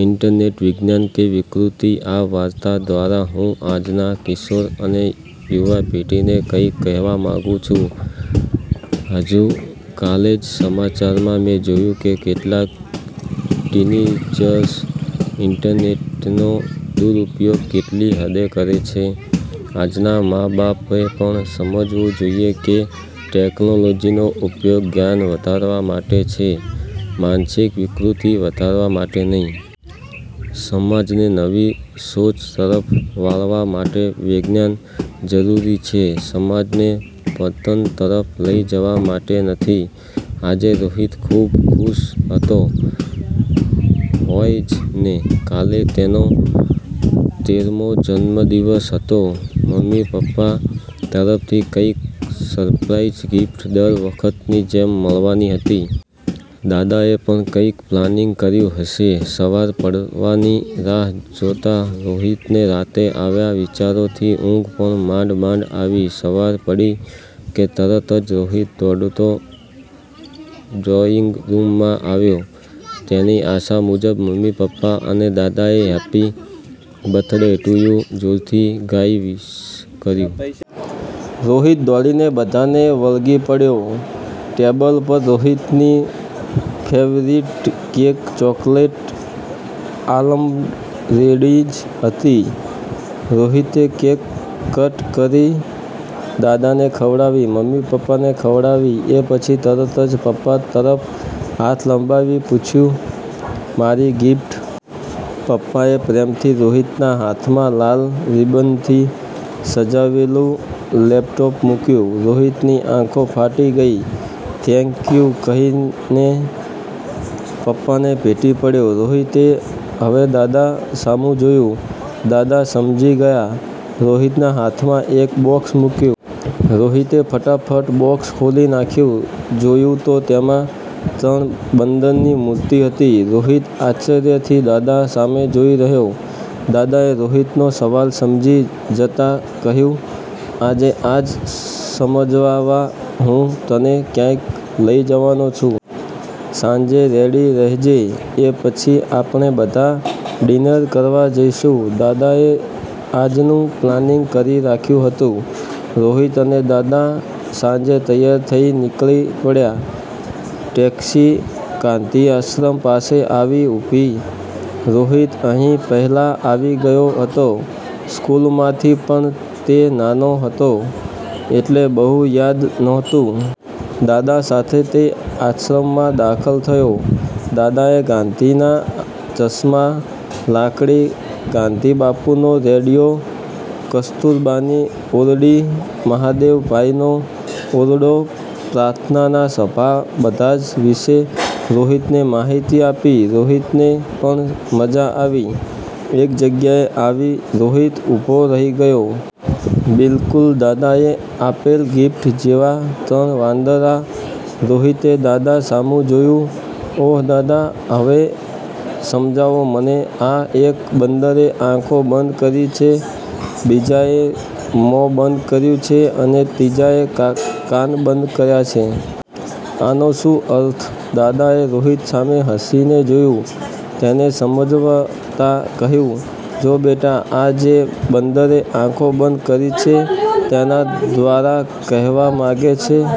Internet વિજ્ઞાન કે વિકૃતિ?: આ વાર્તા દ્વારા હું આજના કિશોર અને યુવાપેઢીને કંઈક કહેવા માંગુ છું. હજુ કાલે જ સમાચારમાં મેં જોયું કે કેટલાક ટીનેજર્સ ઈન્ટરનેટનો દુરુપયોગ કેટલી હદે કરે છે. આજના મા-બાપએ પણ સમજવું જોઈએ કે ટેક્નોલોજીનો ઉપયોગ જ્ઞાન વધારવા માટે છે, માનસિક વિકૃતિ વધારવા માટે નહિ. સમાજને નવી સોચ તરફ વાળવા માટે વિજ્ઞાન જરૂરી છે, સમાજને પતન તરફ લઈ જવા માટે નથી. આજે રોહિત ખૂબ ખુશ હતો. હોય જ ને, કાલે તેનો તેરમો જન્મદિવસ હતો. મમ્મી-પપ્પા તરફથી કંઈક સરપ્રાઈઝ ગિફ્ટ દર વખતની જેમ મળવાની હતી. દાદાએ પણ કંઈક પ્લાનિંગ કર્યું હશે. સવાર પડવાની રાહ જોતા રોહિતને રાતે આવા વિચારોથી ઊંઘ પણ માંડ-માંડ આવી. સવાર પડી કે તરત જ રોહિત દોડતો ડ્રોઈંગરૂમમાં આવ્યો. તેની આશા મુજબ મમ્મી-પપ્પા અને દાદાએ હેપી બર્થડે ટુ યુ જોરથી ગાઈસ કરીશ રોહિત દોડીને બધાને વળગી પડ્યો. ટેબલ પર રોહિતની favourite cake chocolate almond ready જ હતી. રોહિતે કેક કટ કરી, દાદાને ખવડાવી, મમ્મી-પપ્પાને ખવડાવી. એ પછી તરત જ પપ્પા તરફ હાથ લંબાવી પૂછ્યું, "મારી ગિફ્ટ?" પપ્પાએ પ્રેમથી રોહિતના હાથમાં લાલ રિબનથી સજાવેલું લેપટોપ મૂક્યું. રોહિતની આંખો ફાટી ગઈ. થેન્ક યુ કહીન ને પપ્પાને ભેટી પડ્યો. રોહિતે હવે દાદા સામુ જોયું, દાદા સમજી ગયા. રોહિતના હાથમાં એક બોક્સ મૂક્યું. રોહિતે ફટાફટ બોક્સ ખોલી નાખ્યું, જોયું તો તેમાં ત્રણ બંદરની મૂર્તિ હતી. રોહિત આશ્ચર્યથી દાદા સામે જોઈ રહ્યો. દાદાએ રોહિતનો સવાલ સમજી જતાં કહ્યું, "આજે આ જ સમજવાવા હું તને ક્યાંક લઈ જવાનો છું. સાંજે રેડી રહેજે. એ પછી આપણે બધા ડિનર કરવા જઈશું." દાદાએ આજનું પ્લાનિંગ કરી રાખ્યું હતું. રોહિત અને દાદા સાંજે તૈયાર થઈ નીકળી પડ્યા. ટેક્ષી ગાંધીઆશ્રમ પાસે આવી ઊભી. રોહિત અહીં પહેલા આવી ગયો હતો સ્કુલમાંથી, પણ તે નાનો હતો એટલે બહુ યાદ નહોતું. દાદા સાથે તે આશ્રમમાં દાખલ થયો. દાદાએ ગાંધીના ચશ્મા, લાકડી, ગાંધીબાપુનો રેડીયો, કસ્તુરબાની ઓરડી, મહાદેવભાઈનો ઓરડો, પ્રાર્થનાના સભા બધા જ વિશે રોહિતને માહિતી આપી. રોહિતને પણ મજા આવી. એક જગ્યાએ આવી રોહિત ઊભો રહી ગયો. બિલકુલ, દાદાએ આપેલ ગિફ્ટ જેવા ત્રણ વાંદરા! રોહિતે દાદા સામું જોયું. "ઓહ દાદા! હવે સમજાવો મને, આ એક બંદરે આંખો બંધ કરી છે, બીજાએ મોં બંધ કર્યું છે, અને ત્રીજાએ કા કાન બંધ કર્યા છે. આનો શું અર્થ?" દાદાએ રોહિત સામે હસી ને જોયું. તેને સમજવાતા કહ્યું, "જો બેટા, આ જે બંદરે આંખો બંધ કરી છે, તેના દ્વારા કહેવા માંગે છે